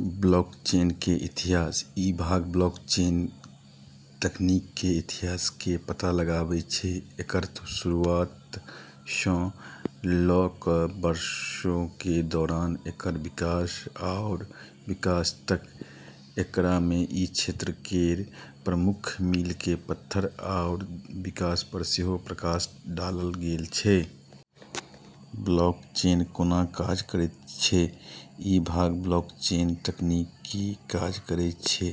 ब्लॉकचेनके इतिहास: ई भाग ब्लॉकचेन तकनीकके इतिहास के पता लगाबै छै, एकर शुरूआतसँ ल' क' वर्षोके दौरान एकर विकास आओर विकास तक। एकरामे ई क्षेत्र केर प्रमुख मीलके पत्थर आओर विकास पर सेहो प्रकाश डालल गेल छै। ब्लॉकचेन कोना काज करैत छै: ई भाग ब्लॉकचेन तकनीक की काज करैत छै,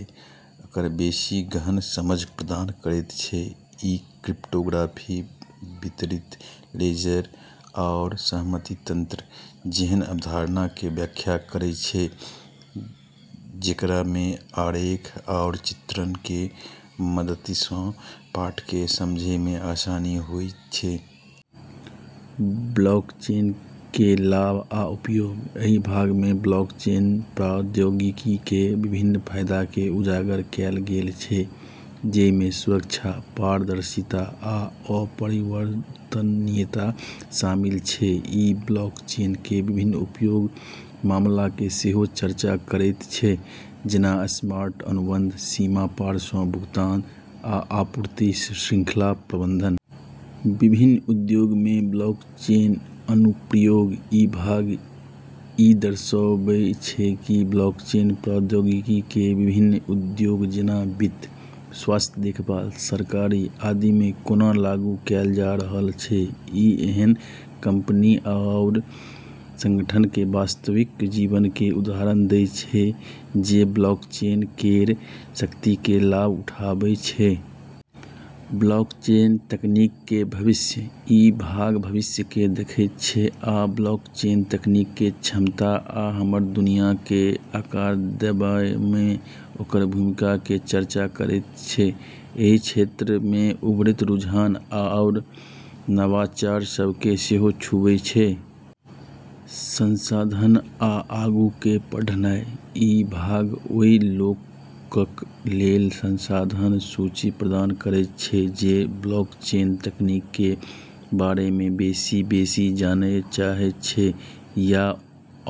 एकर बेशी गहन समझ प्रदान करैत छै । ई क्रिप्टोग्राफी, वितरित लेजर, आओर सहमति तंत्र जेहन अवधारणाके व्याख्या करै छै, जेकरामे आरेख आओर चित्रणके मदति सँ पाठकके समझैमे आसानी होइ छै। ब्लॉकचेनके लाभ आ उपयोग: एहि भागमे ब्लॉकचेन प्रौद्योगिकीके विभिन्न फाइदाके उजागर कैल गेल छै, जइमे सुरक्षा, पारदर्शिता, आ अपरिवर्तनीयता शामिल छै । ई ब्लॉकचेनके विभिन्न उपयोग मामलाके सेहो चर्चा करैत छै, जेना स्मार्ट अनुबंध, सीमा पारसँ भुगतान, आ आपूर्ति श्रृंखला प्रबंधन । विभिन्न उद्योगमे ब्लॉकचेन अनुप्रयोग: ई भाग ई दर्शाबय छै कि ब्लॉकचेन प्रौद्योगिकीके विभिन्न उद्योग जेना वित्त, स्वास्थ्य देखभाल, सरकारी, आदिमे कोना लागू कैल जा रहल छै । ई एहन कंपनी आओर संगठनके वास्तविक जीवनके उदाहरण दै छै जे ब्लॉकचेन केर शक्तिके लाभ उठाबै छै। ब्लॉकचेन तकनीकके भविष्य: ई भाग भविष्यके देखैत छै आ ब्लॉकचेन तकनीकके क्षमता आ हमर दुनियाके आकार देबयमे ओकर भूमिकाके चर्चा करैत छै । एहि क्षेत्रमे उभरैत रुझान आओर नवाचार सबके सेहो छूबै छै। संसाधन आ आगूके पढ़नाइ: ई भाग ओए लोकक लेल संसाधनक सूची प्रदान करैत छै जे ब्लॉकचेन तकनीकके बारेमे बेशी बेसि जानय चाहय छै या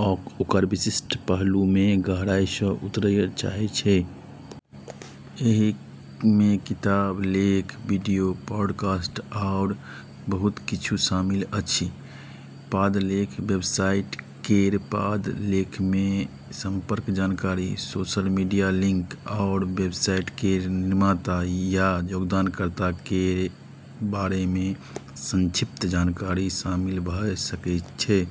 ओकर विशिष्ट पहलुमे गहराइसँ उतरय चाहय छै । एहिमे किताब, लेख, वीडियो, पॉडकास्ट, आओर बहुत किछु शामिल अछि । पाद लेख: वेबसाइट केर पाद लेखमे संपर्क जानकारी, सोशल मीडिया लिंक, आओर वेबसाइट केर निर्माता या योगदानकर्ताके बारेमे संक्षिप्त जानकारी शामिल भ' सकै छै।